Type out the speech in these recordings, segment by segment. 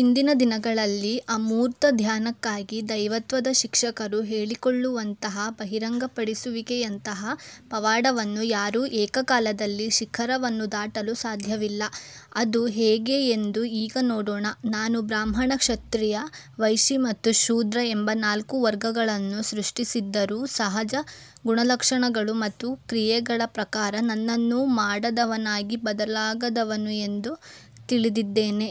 ಇಂದಿನ ದಿನಗಳಲ್ಲಿ ಅಮೂರ್ತ ಧ್ಯಾನಕ್ಕಾಗಿ ದೈವತ್ವದ ಶಿಕ್ಷಕರು ಹೇಳಿಕೊಳ್ಳುವಂತಹ ಬಹಿರಂಗಪಡಿಸುವಿಕೆಯಂತಹ ಪವಾಡವನ್ನು ಯಾರೂ ಏಕಕಾಲದಲ್ಲಿ ಶಿಖರವನ್ನು ದಾಟಲು ಸಾಧ್ಯವಿಲ್ಲ. ಅದು ಹೇಗೆ ಎಂದು ಈಗ ನೋಡೋಣ ನಾನು ಬ್ರಾಹ್ಮಣ ಕ್ಷತ್ರಿಯ ವೈಶಿ ಮತ್ತು ಶೂದ್ರ ಎಂಬ ನಾಲ್ಕು ವರ್ಗಗಳನ್ನು ಸೃಷ್ಟಿಸಿದ್ದರೂ ಸಹಜ ಗುಣಲಕ್ಷಣಗಳು ಮತ್ತು ಕ್ರಿಯೆಗಳ ಪ್ರಕಾರ ನನ್ನನ್ನು ಮಾಡದವನಾಗಿ ಬದಲಾಗದವನು ಎಂದು ತಿಳಿದಿದ್ದೇನೆ.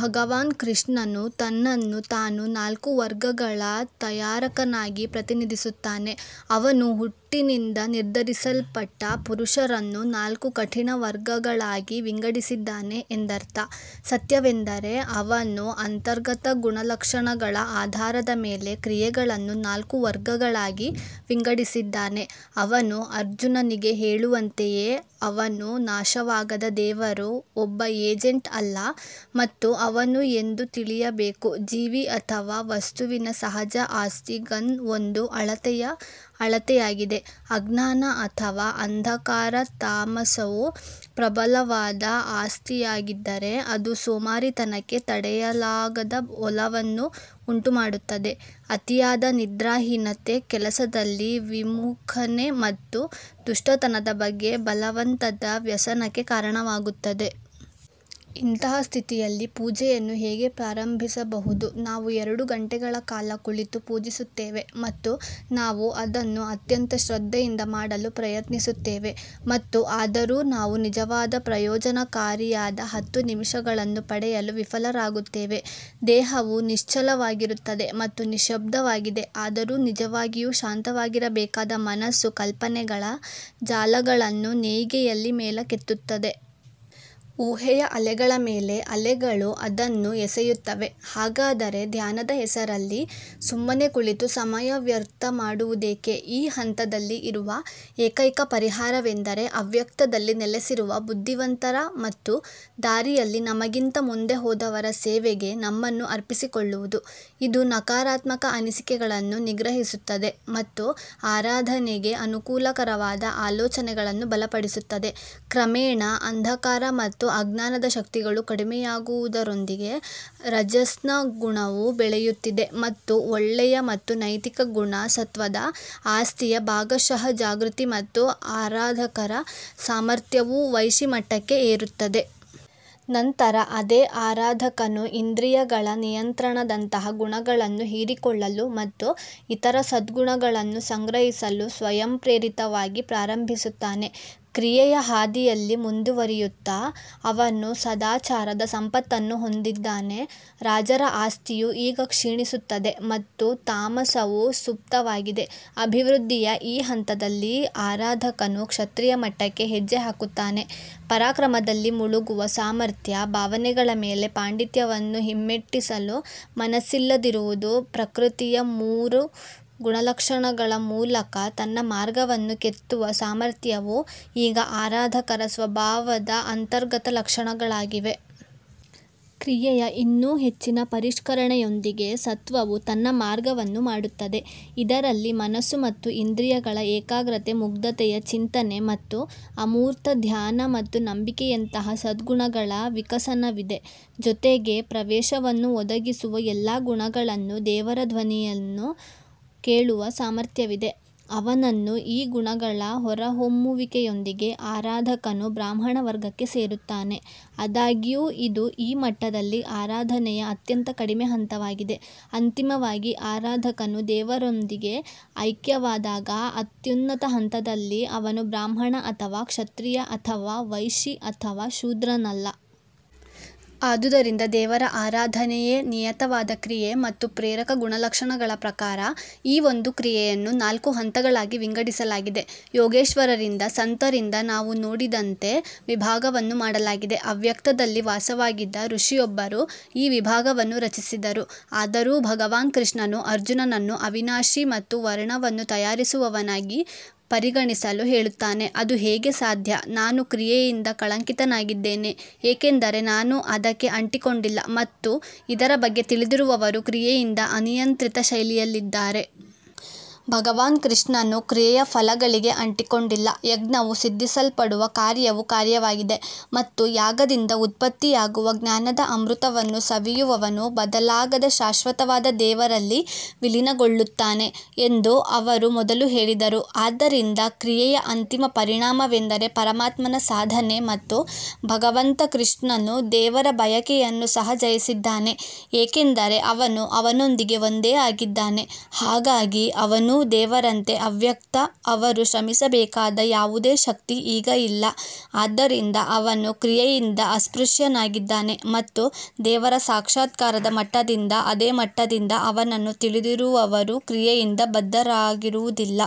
ಭಗವಾನ್ ಕೃಷ್ಣನು ತನ್ನನ್ನು ತಾನು ನಾಲ್ಕು ವರ್ಗಗಳ ತಯಾರಕನಾಗಿ ಪ್ರತಿನಿಧಿಸುತ್ತಾನೆ ಅವನು ಹುಟ್ಟಿನಿಂದ ನಿರ್ಧರಿಸಲ್ಪಟ್ಟ ಪುರುಷರನ್ನು ನಾಲ್ಕು ಕಠಿಣ ವರ್ಗಗಳಾಗಿ ವಿಂಗಡಿಸಿದ್ದಾನೆ ಎಂದರ್ಥ ಸತ್ಯವೆಂದರೆ ಅವನು ಅಂತರ್ಗತ ಗುಣಲಕ್ಷಣಗಳ ಆಧಾರದ ಮೇಲೆ ಕ್ರಿಯೆಗಳನ್ನು ನಾಲ್ಕು ವರ್ಗಗಳಾಗಿ ವಿಂಗಡಿಸಿದ್ದಾನೆ ಅವನು ಅರ್ಜುನನಿಗೆ ಹೇಳುವಂತೆಯೇ ಅವನು ನಾಶವಾಗದ ದೇವರು ಒಬ್ಬ ಏಜೆಂಟ್ ಅಲ್ಲ ಮತ್ತು ಅವನು ಎಂದು ತಿಳಿಯಬೇಕು ಜೀವಿ ಅಥವಾ ವಸ್ತುವಿನ ಸಹಜ ಆಸ್ತಿ ಗನ್ ಒಂದು ಅಳತೆಯ ಅಳತೆಯಾಗಿದೆ ಅಜ್ಞಾನ ಅಥವಾ ಅಂಧಕಾರ ತಾಮಸವು ಪ್ರಬಲವಾದ ಆಸ್ತಿಯಾಗಿದ್ದರೆ, ಅದು ಸೋಮಾರಿತನಕ್ಕೆ ತಡೆಯಲಾಗದ ಒಲವನ್ನು ಉಂಟುಮಾಡುತ್ತದೆ, ಅತಿಯಾದ ನಿದ್ರಾಹೀನತೆ ಕೆಲಸದಲ್ಲಿ ವಿಮುಖತೆ ಮತ್ತು ದುಷ್ಟತನದ ಬಗ್ಗೆ ಬಲವಂತದ ವ್ಯಸನಕ್ಕೆ ಕಾರಣವಾಗುತ್ತದೆ. ಇಂತಹ ಸ್ಥಿತಿಯಲ್ಲಿ ಪೂಜೆಯನ್ನು ಹೇಗೆ ಪ್ರಾರಂಭಿಸಬಹುದು ನಾವು ಎರಡು ಗಂಟೆಗಳ ಕಾಲ ಕುಳಿತು ಪೂಜಿಸುತ್ತೇವೆ ಮತ್ತು ನಾವು ಅದನ್ನು ಅತ್ಯಂತ ಶ್ರದ್ಧೆಯಿಂದ ಮಾಡಲು ಪ್ರಯತ್ನಿಸುತ್ತೇವೆ ಮತ್ತು ಆದರೂ ನಾವು ನಿಜವಾದ ಪ್ರಯೋಜನಕಾರಿಯಾದ ಹತ್ತು ನಿಮಿಷಗಳನ್ನು ಪಡೆಯಲು ವಿಫಲರಾಗುತ್ತೇವೆ. ದೇಹವು ನಿಶ್ಚಲವಾಗಿರುತ್ತದೆ ಮತ್ತು ನಿಶ್ಯಬ್ದವಾಗಿದೆ ಆದರೆ ನಿಜವಾಗಿಯೂ ಶಾಂತವಾಗಿರಬೇಕಾದ ಮನಸ್ಸು ಕಲ್ಪನೆಗಳ ಜಾಲಗಳನ್ನು ನೇಯ್ಗೆಯಲ್ಲಿ ಮೇಲಕ್ಕೆತ್ತುತ್ತದೆ. ಊಹೆಯ ಅಲೆಗಳ ಮೇಲೆ ಅಲೆಗಳು ಅದನ್ನು ಎಸೆಯುತ್ತವೆ ಹಾಗಾದರೆ ಧ್ಯಾನದ ಹೆಸರಲ್ಲಿ ಸುಮ್ಮನೆ ಕುಳಿತು ಸಮಯ ವ್ಯರ್ಥ ಮಾಡುವುದೇಕೆ ಈ ಹಂತದಲ್ಲಿ ಇರುವ ಏಕೈಕ ಪರಿಹಾರವೆಂದರೆ, ಅವ್ಯಕ್ತದಲ್ಲಿ ನೆಲೆಸಿರುವ ಬುದ್ಧಿವಂತರ ಮತ್ತು ದಾರಿಯಲ್ಲಿ ನಮಗಿಂತ ಮುಂದೆ ಹೋದವರ ಸೇವೆಗೆ ನಮ್ಮನ್ನು ಅರ್ಪಿಸಿಕೊಳ್ಳುವುದು. ಇದು ನಕಾರಾತ್ಮಕ ಅನಿಸಿಕೆಗಳನ್ನು ನಿಗ್ರಹಿಸುತ್ತದೆ ಮತ್ತು ಆರಾಧನೆಗೆ ಅನುಕೂಲಕರವಾದ ಆಲೋಚನೆಗಳನ್ನು ಬಲಪಡಿಸುತ್ತದೆ ಕ್ರಮೇಣ ಅಂಧಕಾರ ಮತ್ತು ಅಜ್ಞಾನದ ಶಕ್ತಿಗಳು ಕಡಿಮೆಯಾಗುವುದರೊಂದಿಗೆ ರಜಸ್ನ ಗುಣವು ಬೆಳೆಯುತ್ತಿದೆ ಮತ್ತು ಒಳ್ಳೆಯ ಮತ್ತು ನೈತಿಕ ಗುಣ ಸತ್ವದ ಆಸ್ತಿಯ ಭಾಗಶಃ ಜಾಗೃತಿ ಮತ್ತು ಆರಾಧಕರ ಸಾಮರ್ಥ್ಯವು ವೈಶಿ ಮಟ್ಟಕ್ಕೆ ಏರುತ್ತದೆ. ನಂತರ ಅದೇ ಆರಾಧಕನು ಇಂದ್ರಿಯಗಳ ನಿಯಂತ್ರಣದಂತಹ ಗುಣಗಳನ್ನು ಹೀರಿಕೊಳ್ಳಲು ಮತ್ತು ಇತರ ಸದ್ಗುಣಗಳನ್ನು ಸಂಗ್ರಹಿಸಲು ಸ್ವಯಂಪ್ರೇರಿತವಾಗಿ ಪ್ರಾರಂಭಿಸುತ್ತಾನೆ. ಕ್ರಿಯೆಯ ಹಾದಿಯಲ್ಲಿ ಮುಂದುವರಿಯುತ್ತಾ ಅವನು ಸದಾಚಾರದ ಸಂಪತ್ತನ್ನು ಹೊಂದಿದ್ದಾನೆ ರಾಜರ ಆಸ್ತಿಯು ಈಗ ಕ್ಷೀಣಿಸುತ್ತದೆ ಮತ್ತು ತಾಮಸವು ಸುಪ್ತವಾಗಿದೆ ಅಭಿವೃದ್ಧಿಯ ಈ ಹಂತದಲ್ಲಿ ಆರಾಧಕನು ಕ್ಷತ್ರಿಯ ಮಟ್ಟಕ್ಕೆ ಹೆಜ್ಜೆ ಹಾಕುತ್ತಾನೆ ಪರಾಕ್ರಮದಲ್ಲಿ ಮುಳುಗುವ ಸಾಮರ್ಥ್ಯ, ಭಾವನೆಗಳ ಮೇಲೆ ಪಾಂಡಿತ್ಯವನ್ನು ಹಿಮ್ಮೆಟ್ಟಿಸಲು ಮನಸ್ಸಿಲ್ಲದಿರುವುದು ಪ್ರಕೃತಿಯ ಮೂರು ಗುಣಲಕ್ಷಣಗಳ ಮೂಲಕ ತನ್ನ ಮಾರ್ಗವನ್ನು ಕೆತ್ತುವ ಸಾಮರ್ಥ್ಯವು ಈಗ ಆರಾಧಕರ ಸ್ವಭಾವದ ಅಂತರ್ಗತ ಲಕ್ಷಣಗಳಾಗಿವೆ. ಕ್ರಿಯೆಯ ಇನ್ನೂ ಹೆಚ್ಚಿನ ಪರಿಷ್ಕರಣೆಯೊಂದಿಗೆ ಸತ್ವವು ತನ್ನ ಮಾರ್ಗವನ್ನು ಮಾಡುತ್ತದೆ, ಇದರಲ್ಲಿ ಮನಸ್ಸು ಮತ್ತು ಇಂದ್ರಿಯಗಳ ಏಕಾಗ್ರತೆ ಮುಗ್ಧತೆಯ ಚಿಂತನೆ ಮತ್ತು ಅಮೂರ್ತ ಧ್ಯಾನ ಮತ್ತು ನಂಬಿಕೆಯಂತಹ ಸದ್ಗುಣಗಳ ವಿಕಸನವಿದೆ, ಜೊತೆಗೆ ಪ್ರವೇಶವನ್ನು ಒದಗಿಸುವ ಎಲ್ಲಾ ಗುಣಗಳನ್ನು ದೇವರ ಧ್ವನಿಯನ್ನು ಕೇಳುವ ಸಾಮರ್ಥ್ಯವಿದೆ. ಅವನನ್ನು ಈ ಗುಣಗಳ ಹೊರಹೊಮ್ಮುವಿಕೆಯೊಂದಿಗೆ ಆರಾಧಕನು ಬ್ರಾಹ್ಮಣ ವರ್ಗಕ್ಕೆ ಸೇರುತ್ತಾನೆ ಆದಾಗ್ಯೂ ಇದು ಈ ಮಟ್ಟದಲ್ಲಿ ಆರಾಧನೆಯ ಅತ್ಯಂತ ಕಡಿಮೆ ಹಂತವಾಗಿದೆ ಅಂತಿಮವಾಗಿ ಆರಾಧಕನು ದೇವರೊಂದಿಗೆ ಐಕ್ಯವಾದಾಗ ಅತ್ಯುನ್ನತ ಹಂತದಲ್ಲಿ ಅವನು ಬ್ರಾಹ್ಮಣ ಅಥವಾ ಕ್ಷತ್ರಿಯ ಅಥವಾ ವೈಶಿ ಅಥವಾ ಶೂದ್ರನಲ್ಲ. ಆದುದರಿಂದ ದೇವರ ಆರಾಧನೆಯೇ ನಿಯತವಾದ ಕ್ರಿಯೆ ಮತ್ತು ಪ್ರೇರಕ ಗುಣಲಕ್ಷಣಗಳ ಪ್ರಕಾರ ಈ ಒಂದು ಕ್ರಿಯೆಯನ್ನು ನಾಲ್ಕು ಹಂತಗಳಾಗಿ ವಿಂಗಡಿಸಲಾಗಿದೆ ಯೋಗೇಶ್ವರರಿಂದ ಸಂತರಿಂದ ನಾವು ನೋಡಿದಂತೆ ವಿಭಾಗವನ್ನು ಮಾಡಲಾಗಿದೆ ಅವ್ಯಕ್ತದಲ್ಲಿ ವಾಸವಾಗಿದ್ದ ಋಷಿಯೊಬ್ಬರು ಈ ವಿಭಾಗವನ್ನು ರಚಿಸಿದರು ಆದರೂ ಭಗವಾನ್ ಕೃಷ್ಣನು ಅರ್ಜುನನನ್ನು ಅವಿನಾಶಿ ಮತ್ತು ವರ್ಣವನ್ನು ತಯಾರಿಸುವವನಾಗಿ ಪರಿಗಣಿಸಲು ಹೇಳುತ್ತಾನೆ ಅದು ಹೇಗೆ ಸಾಧ್ಯ ನಾನು ಕ್ರಿಯೆಯಿಂದ ಕಳಂಕಿತನಾಗಿದ್ದೇನೆ ಏಕೆಂದರೆ ನಾನು ಅದಕ್ಕೆ ಅಂಟಿಕೊಂಡಿಲ್ಲ ಮತ್ತು ಇದರ ಬಗ್ಗೆ ತಿಳಿದಿರುವವರು ಕ್ರಿಯೆಯಿಂದ ಅನಿಯಂತ್ರಿತ ಶೈಲಿಯಲ್ಲಿದ್ದಾರೆ. ಭಗವಾನ್ ಕೃಷ್ಣನು ಕ್ರಿಯೆಯ ಫಲಗಳಿಗೆ ಅಂಟಿಕೊಂಡಿಲ್ಲ ಯಜ್ಞವು ಸಿದ್ಧಿಸಲ್ಪಡುವ ಕಾರ್ಯವು ಕಾರ್ಯವಾಗಿದೆ ಮತ್ತು ಯಾಗದಿಂದ ಉತ್ಪತ್ತಿಯಾಗುವ ಜ್ಞಾನದ ಅಮೃತವನ್ನು ಸವಿಯುವವನು ಬದಲಾಗದ ಶಾಶ್ವತವಾದ ದೇವರಲ್ಲಿ ವಿಲೀನಗೊಳ್ಳುತ್ತಾನೆ ಎಂದು ಅವರು ಮೊದಲು ಹೇಳಿದರು. ಆದ್ದರಿಂದ ಕ್ರಿಯೆಯ ಅಂತಿಮ ಪರಿಣಾಮವೆಂದರೆ ಪರಮಾತ್ಮನ ಸಾಧನೆ ಮತ್ತು ಭಗವಂತ ಕೃಷ್ಣನು ದೇವರ ಬಯಕೆಯನ್ನು ಸಹ ಜಯಿಸಿದ್ದಾನೆ ಏಕೆಂದರೆ ಅವನು ಅವನೊಂದಿಗೆ ಒಂದೇ ಆಗಿದ್ದಾನೆ ಹಾಗಾಗಿ ಅವನೂ ದೇವರಂತೆ ಅವ್ಯಕ್ತ ಅವರು ಶ್ರಮಿಸಬೇಕಾದ ಯಾವುದೇ ಶಕ್ತಿ ಈಗ ಇಲ್ಲ ಆದ್ದರಿಂದ ಅವನು ಕ್ರಿಯೆಯಿಂದ ಅಸ್ಪೃಶ್ಯನಾಗಿದ್ದಾನೆ ಮತ್ತು ದೇವರ ಸಾಕ್ಷಾತ್ಕಾರದ ಮಟ್ಟದಿಂದ ಅದೇ ಮಟ್ಟದಿಂದ ಅವನನ್ನು ತಿಳಿದಿರುವವರೂ ಕ್ರಿಯೆಯಿಂದ ಬದ್ಧರಾಗಿರುವುದಿಲ್ಲ.